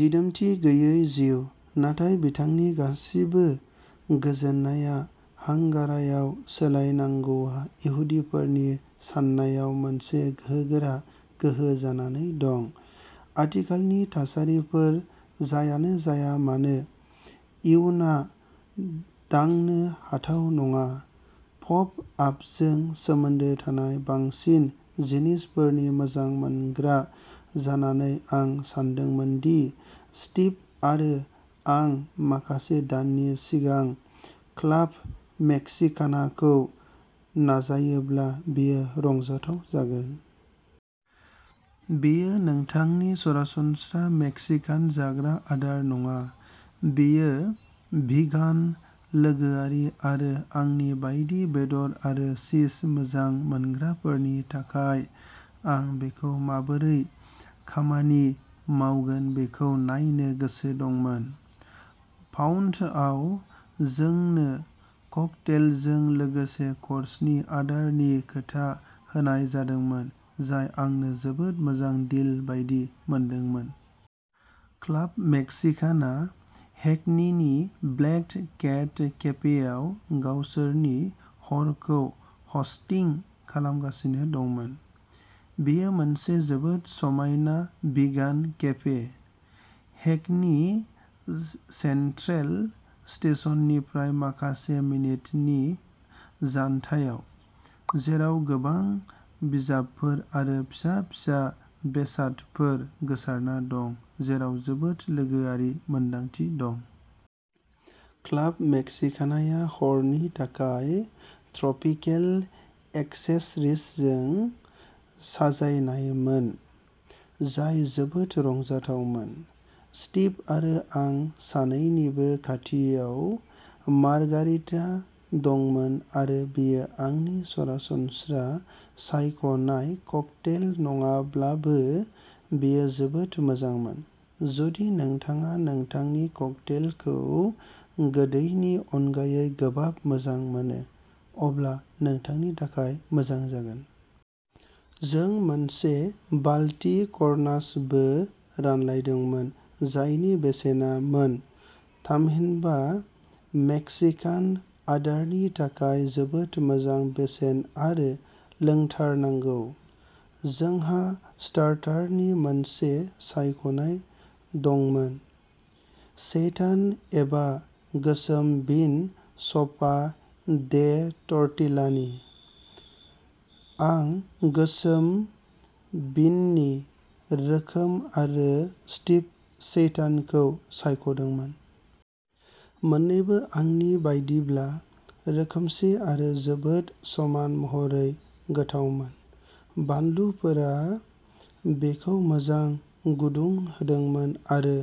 दिदोमथि गैयै जिउ, नाथाय बिथांनि गासिबो गोजोननाया हांगारायाव सोलायनांगौआ इहुदिफोरनि साननायाव मोनसे गोहोगोरा गोहो जानानै दं। आथिखालनि थासारिफोर जायानो जाया मानो, इयुनआ दांनो हाथाव नङा। पप आपजों सोमोन्दो थानाय बांसिन जिनिसफोरनि मोजां मोनग्रा जानानै आं सानदोंमोन दि स्टिभ आरो आं माखासे दाननि सिगां क्लाब मेक्सिकानाखौ नाजायोब्ला बेयो रंजाथाव जागोन। बेयो नोंथांनि सरासनस्रा मेक्सिकान जाग्रा आदार नङा, बेयो भिगान लोगोआरि आरो आंनि बायदि बेदर आरो चीज मोजां मोनग्राफोरनि थाखाय आं बेखौ माबोरै खामानि मावगोन बेखौ नायनो गोसो दंमोन। पाउन्दआव जोंनो ककटेलजों लोगोसे कर्सनि आदारनि खोथा होनाय जादोंमोन, जाय आंनो जोबोद मोजां डिल बायदि मोनदोंमोन। क्लाब मेक्सिकानाआ हेकनीनि ब्लेक केट केफेआव गावसोरनि हरखौ हस्टिं खालामगासिनो दंमोन। बेयो मोनसे जोबोद समायना भिगान केफे, हेकनी सेन्ट्रेल स्टेशननिफ्राय माखासे मिनिटनि जानथायाव, जेराव गोबां बिजाबफोर आरो फिसा-फिसा बेसादफोर गोसारना दं, जेराव जोबोद लोगोआरि मोनदांथि दं। क्लाब मेक्सिकानाया हरनि थाखाय ट्रपिकेल एक्सेसरिजजों साजायनायमोन, जाय जोबोद रंजाथावमोन। स्टिभ आरो आं सानैनिबो खाथियाव मार्गारिटा दंमोन आरो बेयो आंनि सरासनस्रा सायख'नाय ककटेल नङाब्लाबो बेयो जोबोद मोजांमोन। जुदि नोंथाङा नोंथांनि ककटेलखौ गोदैनि अनगायै गोबाब मोजां मोनो, अब्ला नोंथांनि थाखाय मोजां जागोन। जों मोनसे बालति करनासबो रानलायदोंमोन जायनि बेसेना मोन, थामहिनबा मेक्सिकान आदारनि थाखाय जोबोद मोजां बेसेन आरो लोंथारनांगौ। जोंहा स्टार्टारनि मोनसे सायख'नाय दंमोन, सेइटान एबा गोसोम बिन स'पा दे टर्टिलानि। आं गोसोम बिननि रोखोम आरो स्टिभ सेइटानखौ सायख'दोंमोन। मोननैबो आंनि बायदिब्ला रोखोमसे आरो जोबोद समान महरै गोथावमोन। बानलुफोरा बेखौ मोजां गुदुं होदोंमोन आरो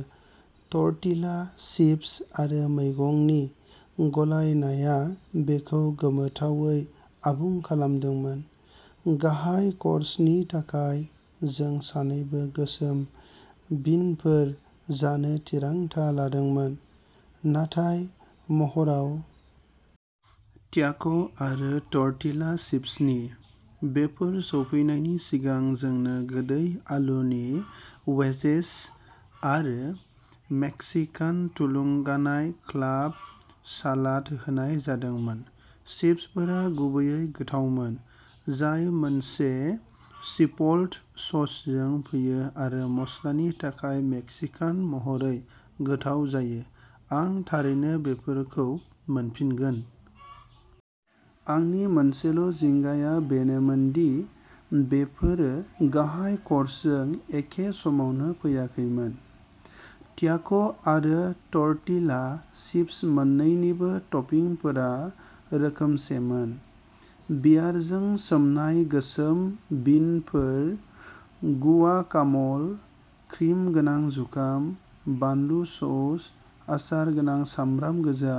टर्टिला चिप्स आरो मैगंनि गलायनाया बेखौ गोमोथावै आबुं खालामदोंमोन। गाहाय कर्सनि थाखाय जों सानैबो गोसोम बिनफोर जानो थिरांथा लादोंमोन, नाथाय महराव। ट्याक'आरो टर्टिला चिप्सनि। बेफोर सौफैनायनि सिगां जोंनो गोदै आलुनि वेजेस आरो मेक्सिकान थुलुंगानाय क्लाब सालाद होनाय जादोंमोन। चिप्सफोरा गुबैयै गोथावमोन, जाय मोनसे चिप'ल्ट ससजों फैयो आरो मस्लानि थाखाय मेक्सिकान महरै गोथाव जायो। आं थारैनो बेफोरखौ मोनफिनगोन! आंनि मोनसेल'जिंगाया बेनोमोन दि बेफोरो गाहाय क'र्सजों एखे समावनो फैयाखैमोन। ट्याक'आरो टर्टिला चिप्स मोन्नैनिबो टपिंफोरा रोखोमसेमोन, बियारजों सोमनाय गोसोम बिनफोर, गुआकाम'ल, क्रिम गोनां जुखाम, बानलु सस, आसार गोनां सामब्राम गोजा,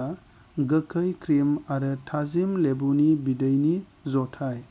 गोखै क्रिम आरो थाजिम लेबुनि बिदैनि जथाय।